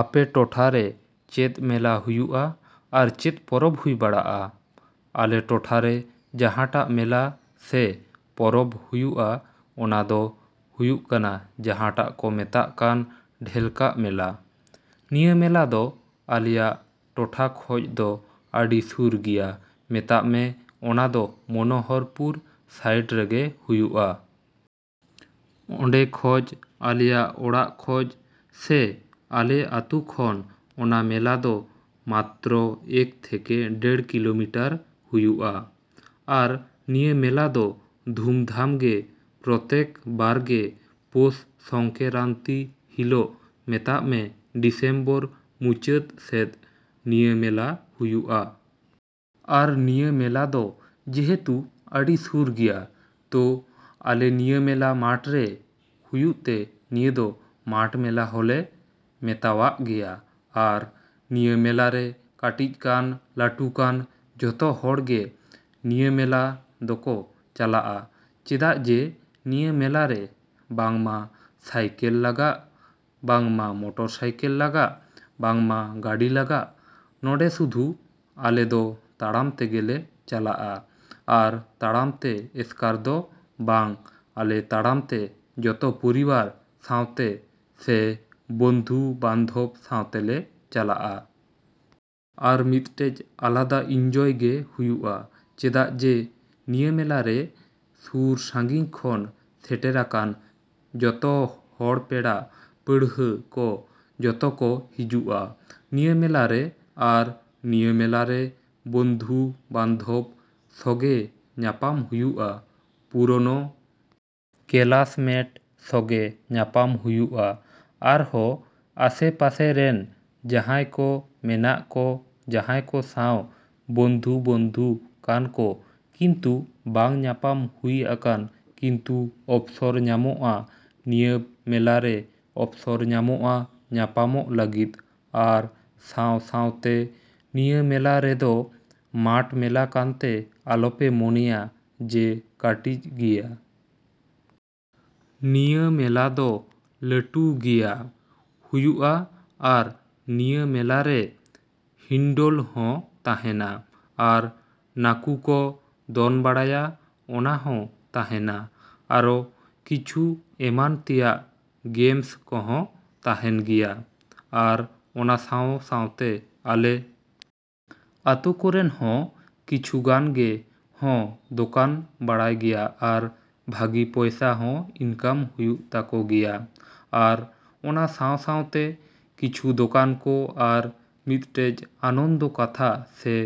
ᱟᱯᱮ ᱴᱚᱴᱷᱟᱨᱮ ᱪᱮᱫ ᱢᱮᱞᱟ ᱦᱩᱭᱩᱜᱼᱟ ᱟᱨ ᱪᱮᱫ ᱯᱚᱨᱚᱵᱽ ᱦᱩᱭ ᱵᱟᱲᱟᱜᱼᱟ? ᱟᱞᱮ ᱴᱚᱴᱷᱟ ᱨᱮ ᱡᱟᱸᱦᱟᱴᱟᱜ ᱢᱮᱞᱟ ᱥᱮ ᱯᱚᱨᱚᱵᱽ ᱦᱩᱭᱩᱜᱼᱟ ᱚᱱᱟ ᱫᱚ ᱦᱩᱭᱩᱜ ᱠᱟᱱᱟ ᱡᱟᱸᱦᱟᱴᱟᱜ ᱠᱚ ᱢᱮᱛᱟᱜ ᱠᱟᱱ ᱰᱷᱮᱞᱠᱟᱜ ᱢᱮᱞᱟ᱾ ᱱᱤᱭᱟᱹ ᱢᱮᱞᱟ ᱫᱚ ᱟᱞᱮᱭᱟᱜ ᱴᱚᱴᱷᱟ ᱠᱷᱚᱡ ᱫᱚ ᱟᱹᱰᱤ ᱥᱩᱨ ᱜᱮᱭᱟ ᱢᱮᱛᱟᱜ ᱢᱮ ᱚᱱᱟ ᱫᱚ ᱢᱚᱱᱳᱦᱚᱨᱯᱩᱨ ᱥᱟᱭᱤᱰ ᱨᱮᱜᱮ ᱦᱩᱭᱩᱜᱼᱟ᱾ ᱚᱸᱰᱮ ᱠᱷᱚᱡ ᱟᱞᱮᱭᱟᱜ ᱚᱲᱟᱜ ᱠᱷᱚᱡ ᱥᱮ ᱟᱞᱮ ᱟᱛᱳ ᱠᱷᱚᱱ ᱚᱱᱟ ᱢᱮᱞᱟ ᱫᱚ ᱢᱟᱛᱨᱚ ᱮᱠ ᱛᱷᱮᱠᱮ ᱰᱮᱲ ᱠᱤᱞᱳᱢᱤᱴᱟᱨ ᱦᱩᱭᱩᱜᱼᱟ᱾ ᱟᱨ ᱱᱤᱭᱟᱹ ᱢᱮᱞᱟ ᱫᱚ ᱫᱷᱩᱢᱫᱷᱟᱢ ᱜᱮ ᱯᱨᱚᱛᱮᱠ ᱵᱟᱨᱜᱮ ᱯᱳᱥ ᱥᱚᱝᱠᱮᱨᱟᱱᱛᱤ ᱦᱤᱞᱳᱜ ᱢᱮᱛᱟᱜ ᱢᱮ ᱰᱤᱥᱮᱢᱵᱚᱨ ᱢᱩᱪᱟᱹᱫ ᱥᱮᱫ ᱱᱤᱭᱟᱹ ᱢᱮᱞᱟ ᱦᱩᱭᱩᱜᱼᱟ᱾ ᱟᱨ ᱱᱤᱭᱟᱹ ᱢᱮᱞᱟ ᱫᱚ ᱡᱮᱦᱩᱛᱩ ᱟᱹᱰᱤ ᱥᱩᱨ ᱜᱮᱭᱟ ᱛᱳ ᱟᱞᱮ ᱱᱤᱭᱟᱹ ᱢᱮᱞᱟ ᱢᱟᱴᱷᱨᱮ ᱦᱩᱭᱩᱜ ᱛᱮ ᱱᱤᱭᱟᱹ ᱫᱚ ᱢᱟᱴᱷ ᱢᱮᱞᱟ ᱦᱚᱞᱮ ᱢᱮᱛᱟᱣᱟᱜ ᱜᱮᱭᱟ ᱟᱨ ᱱᱤᱭᱟᱹ ᱢᱮᱞᱟᱨᱮ ᱠᱟᱹᱴᱤᱡ ᱠᱟᱱ ᱞᱟᱹᱴᱩ ᱠᱟᱱ ᱡᱚᱛᱚ ᱦᱚᱲᱜᱮ ᱱᱤᱭᱟᱹ ᱢᱮᱞᱟ ᱫᱚᱠᱚ ᱪᱟᱞᱟᱜᱼᱟ ᱪᱮᱫᱟᱜ ᱡᱮ ᱱᱤᱭᱟᱹ ᱢᱮᱞᱟᱨᱮ ᱵᱟᱝᱢᱟ ᱥᱟᱭᱠᱮᱞ ᱞᱟᱜᱟᱜ ᱵᱟᱝᱢᱟ ᱢᱚᱴᱚᱨ ᱥᱟᱭᱠᱮᱞ ᱞᱟᱜᱟᱜ ᱵᱟᱝᱢᱟ ᱜᱟᱹᱰᱤ ᱞᱟᱜᱟᱜ ᱱᱚᱸᱰᱮ ᱥᱩᱫᱷᱩ ᱟᱞᱮ ᱫᱚ ᱛᱟᱲᱟᱢ ᱛᱮᱜᱮᱞᱮ ᱪᱟᱞᱟᱜᱼᱟ ᱟᱨ ᱛᱟᱲᱟᱢᱛᱮ ᱮᱥᱠᱟᱨ ᱫᱚ ᱵᱟᱝ ᱟᱞᱮ ᱛᱟᱲᱟᱢᱛᱮ ᱡᱚᱛᱚ ᱯᱚᱨᱤᱵᱟᱨ ᱥᱟᱶᱛᱮ ᱥᱮ ᱵᱚᱱᱫᱷᱩ ᱵᱟᱱᱫᱷᱚᱵ ᱥᱟᱶᱛᱮ ᱞᱮ ᱪᱟᱞᱟᱜᱼᱟ᱾ ᱟᱨ ᱢᱤᱫᱴᱮᱡ ᱟᱞᱟᱫᱟ ᱤᱱᱡᱚᱭ ᱜᱮ ᱦᱩᱭᱩᱜᱼᱟ ᱪᱮᱫᱟᱜ ᱡᱮ ᱱᱤᱭᱟᱹ ᱢᱮᱞᱟᱨᱮ ᱥᱩᱨ ᱥᱟᱺᱜᱤᱧ ᱠᱷᱚᱱ ᱥᱮᱴᱮᱨᱟᱠᱟᱱ ᱡᱚᱛᱚ ᱦᱚᱲ ᱯᱮᱲᱟ ᱯᱟᱹᱲᱦᱟᱹ ᱠᱚ ᱡᱚᱛᱚ ᱠᱚ ᱦᱤᱡᱩᱜᱼᱟ ᱱᱤᱭᱟᱹ ᱢᱮᱞᱟᱨᱮ ᱟᱨ ᱱᱤᱭᱟᱹ ᱢᱮᱞᱟᱨᱮ ᱵᱚᱱᱫᱷᱩ ᱵᱟᱱᱫᱷᱚᱵ ᱥᱚᱜᱮ ᱧᱟᱯᱟᱢ ᱦᱩᱭᱩᱜᱼᱟ᱾ ᱯᱩᱨᱳᱱᱳ ᱠᱮᱞᱟᱥᱢᱮᱴ ᱥᱚᱜᱮ ᱧᱟᱯᱟᱢ ᱦᱩᱭᱩᱜᱼᱟ ᱟᱨᱦᱚ ᱟᱥᱮ ᱯᱟᱥᱮ ᱨᱮᱱ ᱡᱟᱦᱟᱸᱭ ᱠᱚ ᱢᱮᱱᱟᱜ ᱠᱚ ᱡᱟᱦᱟᱸᱭ ᱠᱚ ᱥᱟᱶ ᱵᱚᱱᱫᱷᱩ ᱵᱚᱱᱫᱷᱩ ᱠᱟᱱ ᱠᱚ ᱠᱤᱱᱛᱩ ᱵᱟᱝ ᱧᱟᱯᱟᱢ ᱦᱩᱭ ᱟᱠᱟᱱ ᱠᱤᱱᱛᱩ ᱚᱯᱥᱚᱨ ᱧᱟᱢᱚᱜᱼᱟ ᱱᱤᱭᱟᱹ ᱢᱮᱞᱟᱨᱮ ᱚᱯᱥᱚᱨ ᱧᱟᱢᱚᱜᱼᱟ ᱧᱟᱯᱟᱢᱚᱜ ᱞᱟᱹᱜᱤᱫ ᱟᱨ ᱥᱟᱶ ᱥᱟᱶᱛᱮ ᱱᱤᱭᱟᱹ ᱢᱮᱞᱟ ᱨᱮᱫᱚ ᱢᱟᱴᱷ ᱢᱮᱞᱟ ᱠᱟᱱᱛᱮ ᱟᱞᱚᱯᱮ ᱢᱚᱱᱮᱭᱟ ᱡᱮ ᱠᱟᱹᱴᱤᱡ ᱜᱮᱭᱟ᱾ ᱱᱤᱭᱟᱹ ᱢᱮᱞᱟ ᱫᱚ ᱞᱟᱹᱴᱩ ᱜᱮᱭᱟ ᱦᱩᱭᱩᱜᱼᱟ ᱟᱨ ᱱᱤᱭᱟᱹ ᱢᱮᱞᱟᱨᱮ ᱦᱤᱱᱰᱳᱞ ᱦᱚᱸ ᱛᱟᱦᱮᱱᱟ᱾ ᱟᱨ ᱱᱟᱠᱩ ᱠᱚ ᱫᱚᱱ ᱵᱟᱲᱟᱭᱟ ᱚᱱᱟ ᱦᱚᱸ ᱛᱟᱦᱮᱱᱟ ᱟᱨᱚ ᱠᱤᱪᱷᱩ ᱮᱢᱟᱱ ᱛᱮᱭᱟᱜ ᱜᱮᱢᱥ ᱠᱚᱦᱚᱸ ᱛᱟᱦᱮᱱ ᱜᱮᱭᱟ᱾ ᱟᱨ ᱚᱱᱟ ᱥᱟᱶ ᱥᱟᱶᱛᱮ ᱟᱞᱮ ᱟᱛᱳ ᱠᱚᱨᱮᱱ ᱦᱚᱸ ᱠᱤᱪᱷᱩ ᱜᱟᱱ ᱜᱮ ᱦᱚᱸ ᱫᱚᱠᱟᱱ ᱵᱟᱲᱟᱭ ᱜᱮᱭᱟ ᱟᱨ ᱵᱷᱟᱹᱜᱤ ᱯᱚᱭᱥᱟ ᱦᱚᱸ ᱤᱱᱠᱟᱢ ᱦᱩᱭᱩᱜ ᱛᱟᱠᱚ ᱜᱮᱭᱟ ᱟᱨ ᱚᱱᱟ ᱥᱟᱶ ᱥᱟᱶᱛᱮ ᱠᱤᱪᱷᱩ ᱫᱚᱠᱟᱱ ᱠᱚ ᱟᱨ ᱢᱤᱫᱴᱮᱡ ᱟᱱᱚᱱᱫᱚ ᱠᱟᱛᱷᱟ ᱥᱮ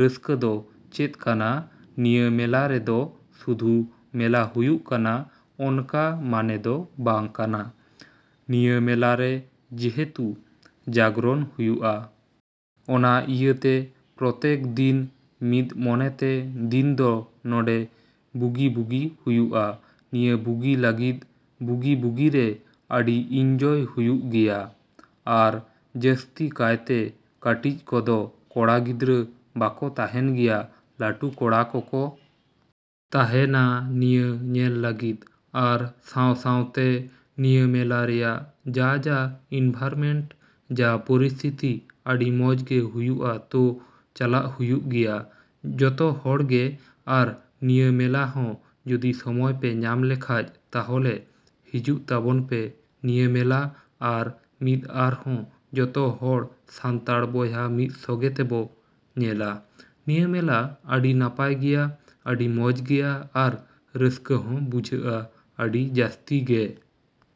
ᱨᱟᱹᱥᱠᱟᱹ ᱫᱚ ᱪᱮᱫ ᱠᱟᱱᱟ ᱱᱤᱭᱟᱹ ᱢᱮᱞᱟ ᱨᱮᱫᱚ ᱥᱩᱫᱷᱩ ᱢᱮᱞᱟ ᱦᱩᱭᱩᱜ ᱠᱟᱱᱟ ᱚᱱᱠᱟ ᱢᱟᱱᱮ ᱫᱚ ᱵᱟᱝ ᱠᱟᱱᱟ ᱱᱤᱭᱟᱹ ᱢᱮᱞᱟᱨᱮ ᱡᱮᱦᱮᱛᱩ ᱡᱟᱜᱽᱨᱚᱱ ᱦᱩᱭᱩᱜᱼᱟ᱾ ᱚᱱᱟ ᱤᱭᱟᱹᱛᱮ ᱯᱨᱚᱛᱮᱠ ᱫᱤᱱ ᱢᱤᱫ ᱢᱚᱱᱮᱛᱮ ᱫᱤᱱᱫᱚ ᱱᱚᱰᱮ ᱵᱩᱜᱤ ᱵᱩᱜᱤ ᱦᱩᱭᱩᱜᱼᱟ ᱱᱤᱭᱟᱹ ᱵᱩᱜᱤ ᱞᱟᱹᱜᱤᱫ ᱵᱩᱜᱤ ᱵᱩᱜᱤᱨᱮ ᱟᱹᱰᱤ ᱤᱱᱡᱚᱭ ᱦᱩᱭᱩᱜ ᱜᱮᱭᱟ᱾ ᱟᱨ ᱡᱟᱹᱥᱛᱤ ᱠᱟᱭᱛᱮ ᱠᱟᱹᱴᱤᱡ ᱠᱚᱫᱚ ᱠᱚᱲᱟ ᱜᱤᱫᱽᱨᱟᱹ ᱵᱟᱠᱚ ᱛᱟᱦᱮᱱ ᱜᱮᱭᱟ ᱞᱟᱹᱴᱩ ᱠᱚᱲᱟ ᱠᱚᱠᱚ ᱛᱟᱦᱮᱱᱟ ᱱᱤᱭᱟᱹ ᱧᱮᱞ ᱞᱟᱹᱜᱤᱫ ᱟᱨ ᱥᱟᱶ ᱥᱟᱶᱛᱮ ᱱᱤᱭᱟᱹ ᱢᱮᱞᱟ ᱨᱮᱭᱟᱜ ᱡᱟ ᱡᱟ ᱤᱱᱵᱷᱟᱨᱢᱮᱱᱴ ᱡᱟ ᱯᱚᱨᱤᱥᱛᱷᱤᱛᱤ ᱟᱹᱰᱤ ᱢᱚᱡᱽ ᱜᱮ ᱦᱩᱭᱩᱜᱼᱟ ᱛᱳ ᱪᱟᱞᱟᱜ ᱦᱩᱭᱩᱜ ᱜᱮᱭᱟ ᱡᱚᱛᱚ ᱦᱚᱲᱜᱮ ᱟᱨ ᱱᱤᱭᱟᱹ ᱢᱮᱞᱟ ᱦᱚᱸ ᱡᱚᱫᱤ ᱥᱚᱢᱚᱭ ᱯᱮ ᱧᱟᱢ ᱞᱮᱠᱷᱟᱡ ᱛᱟᱦᱚᱞᱮ ᱦᱤᱡᱩᱜ ᱛᱟᱵᱚᱱᱯᱮ ᱱᱤᱭᱟᱹ ᱢᱮᱞᱟ ᱟᱨ ᱢᱤᱫ ᱟᱨᱦᱚᱸ ᱡᱚᱛᱚ ᱦᱚᱲ ᱥᱟᱱᱛᱟᱲ ᱵᱚᱭᱦᱟ ᱢᱤᱫ ᱥᱚᱜᱮ ᱛᱮᱵᱚ ᱧᱮᱞᱟ ᱱᱤᱭᱟᱹ ᱢᱮᱞᱟ ᱟᱹᱰᱤ ᱱᱟᱯᱟᱭ ᱜᱮᱭᱟ ᱟᱹᱰᱤ ᱢᱚᱡᱽ ᱜᱮᱭᱟ ᱟᱨ ᱨᱟᱹᱥᱠᱟᱹ ᱦᱚᱸ ᱵᱩᱡᱷᱟᱹᱜᱼᱟ ᱟᱹᱰᱤ ᱡᱟᱥᱛᱤ ᱜᱮ᱾